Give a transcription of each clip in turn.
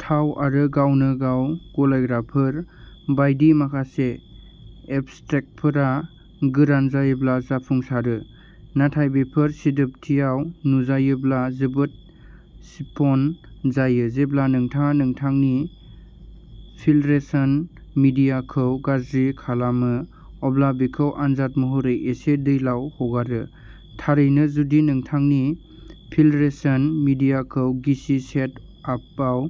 थाव आरो गावनो गाव गलायग्राफोर बायदि माखासे एब्स्ट्रेक्टफोरा गोरान जायोब्ला जाफुंसारो नाथाय बेफोर सिदोबथियाव नुजायोब्ला जोबोद सिफन जायो जेब्ला नोंथाङा नोंथांनि सिलट्रेशन मिडियाखौ गाज्रि खालामो अब्ला बेखौ आनजाद महरै एसे दैलाव हगारो थारैनो जुदि नोंथांनि पिलट्रेशन मिडियाखौ गिसि सेट आपआव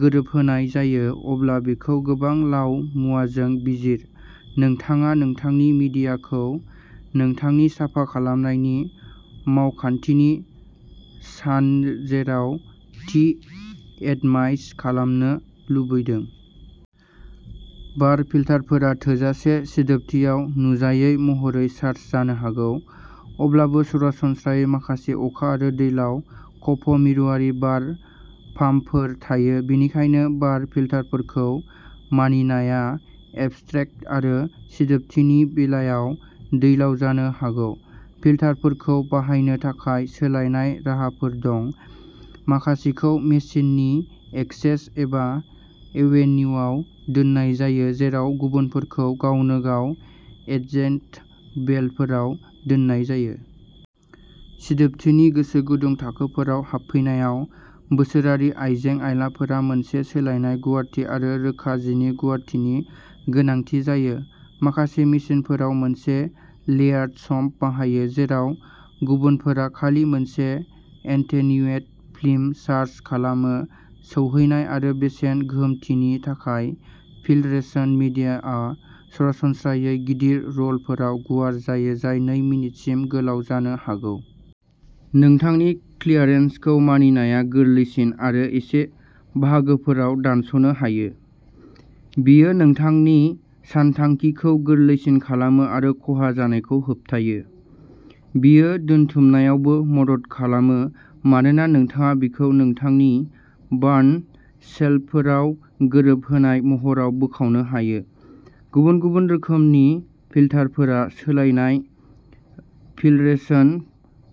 गोरोबहोनाय जायो अब्ला बेखौ गोबां लाव मुवाजों बिजिर नोंथाङा नोंथांनि मिडियाखौ नोंथांनि साफा खालामनायनि मावखान्थिनि सानजेराव थि एटमाइज खालामनो लुबैदों। बार फिल्टारफोरा थोजासे सिदोबथियाव नुजायै महरै चार्ज जानो हागौ। अब्लाबो सरासनस्रायै माखासे अखा आरो दैलाव खफ' मिरुआरि बार पाम्पफोर थायो बेनिखायनो बार फिल्टारफोरखौ मानिनाया एब्स्ट्रेक्ट आरो सिदोबथिनि बेलायाव दैलाव जानो हागौ फिल्टारफोरखौ बाहायनो थाखाय सोलायनाय राहाफोर दं माखासेखौ मेसिननि एक्सेस एबा एवेन्युआव दोननाय जायो जेराव गुबुनफोरखौ गावनो गाव एजेन्ट बेल्टफोराव दोननाय जायो। सिदोबथिनि गोसो गुदुं थाखोफोराव हाबफैनायाव बोसोरारि आयजें आइलाफोरा मोनसे सोलायनाय गुवारथि आरो रोखा जिनि गुवारथिनि गोनांथि जायो माखासे मेसिनफोरा मोनसे लेयार्ड सम्प बाहायो जेराव गुबुनफोरा खालि मोनसे एटेन्युएट फिल्म चार्ज खालामो सौहैनाय आरो बेसेन गोहोमथिनि थाखाय फिल्ट्रेशन मिडियाआ सरासनस्रायै गिदिर र'लफोराव गुवार जायो जाय नैजि मिनिटसो गोलाव जानो हागौ। नोंथांनि क्लियारेन्सखौ मानिनाया गोरलैसिन आरो एसे बाहागोफोराव दानस'नो हायो। बेयो नोंथांनि सानथांखिखौ गोरलैसिन खालामो आरो खहा जानायखौ होबथायो। बेयो दोनथुमनायावबो मदद खालामो मानोना नोंथाङा बेखौ नोंथांनि बार्न शेल्फफोराव गोरोबनाय महराव बोखावनो हायो गुबुन गुबुन रोखोमनि फिल्टारफोरा सोलायनाय फिल्टरेशन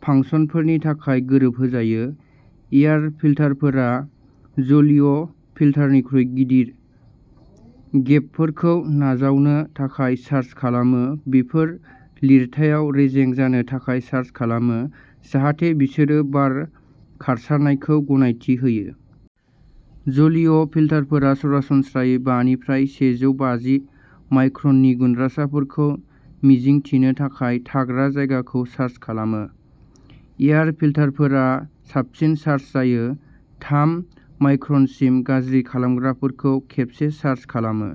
फांसनफोरनि थाखाय गोरोबहोजायो एयार फिल्टारफोरा जलीय फिल्टारनिख्रुइ गिदिर गेपफोरखौ नाजावनो थाखाय चार्ज खालामो बेफोर लिरथायाव रेजें जानो थाखाय चार्ज खालामो जाहाथे बिसोरो बार खारसारनायखौ गनायथि होयो। जलीय फिल्टारफोरा सरासनस्रायै बा निफ्राय से जौ बाजि माइक्रननि गुनद्रासाफोरखौ मिजिंथिनो थाखाय थाग्रा जायगाखौ चार्ज खालामो। एयार फिल्टारफोरा साबसिन चार्ज जायो थाम माइक्रनसिम गाज्रि खालामग्राफोरखौ खेबसे चार्ज खालामो।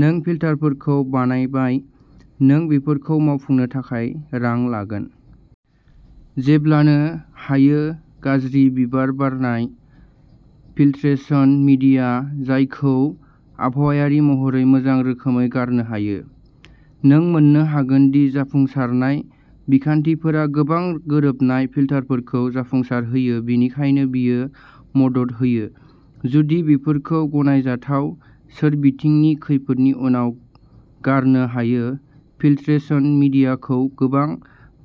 नों फिल्टारफोरखौ बानायबाय नों बेफोरखौ मावफुंनो थाखाय रां लागोन। जेब्लानो हायो गाज्रि बिबार बारनाय फिल्ट्रेशन मिडिया जायखौ आबहावायारि महरै मोजां रोखोमै गारनो हायो। नों मोन्नो हागोन दि जाफुंसारनाय बिखान्थिफोरा गोबां गोरोबनाय फिल्टारफोरखौ जाफुंसारहोयो बेनिखायनो बेयो मदद होयो जुदि बेफोरखौ गनायजाथाव सोरबिथिंनि खैफोदनि उनाव गारनो हायो फिल्ट्रेशन मिडियाखौ गोबां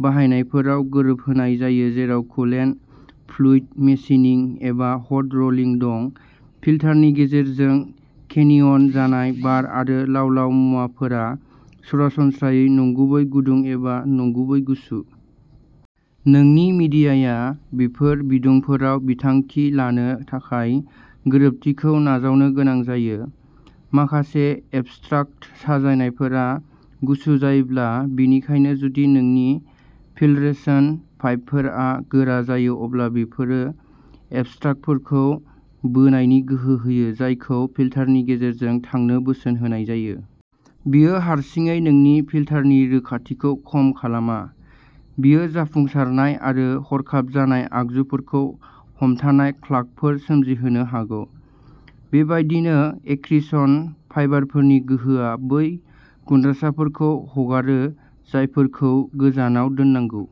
बाहायनायफोराव गोरोबहोनाय जायो जेराव कुलेन्ट फ्लुइड मेशिनिं एबा हट रलिं दं फिल्टारनि गेजेरजों केनियन जानाय बार आरो लाव लाव मुवाफोरा सरासनस्रायै नंगुबै गुदुं एबा नंगुबै गुसु। नोंनि मिडियाया बेफोर बिदुंफोराव बिथांखि लानो थाखाय गोरोबथिखौ नाजावनो गोनां जायो। माखासे एब्स्ट्राकट साजायनायफोरा गुसु जायोब्ला बेनिखायनो जुदि नोंनि फिल्ट्रेशन फाइबारफोरा गोरा जायो अब्ला बेफोरो एब्स्ट्राकटफोरखौ बोनायनि गोहो होयो जायखौ फिल्टारनि गेजेरजों थांनो बोसोन होनाय जायो। बेयो हारसिङै नोंनि फिल्टारनि रोखाथिखौ खम खालामा बेयो जाफुंसारनाय आरो हरखाब जानाय आगजुफोरखौ हमथानाय क्लगफोर सोमजिहोनो हागौ। बेबायदिनो एक्रिशन फाइबारफोरनि गोहोआ बै गुनद्रासाफोरखौ हगारो जायफोरखौ गोजानाव दोननांगौ।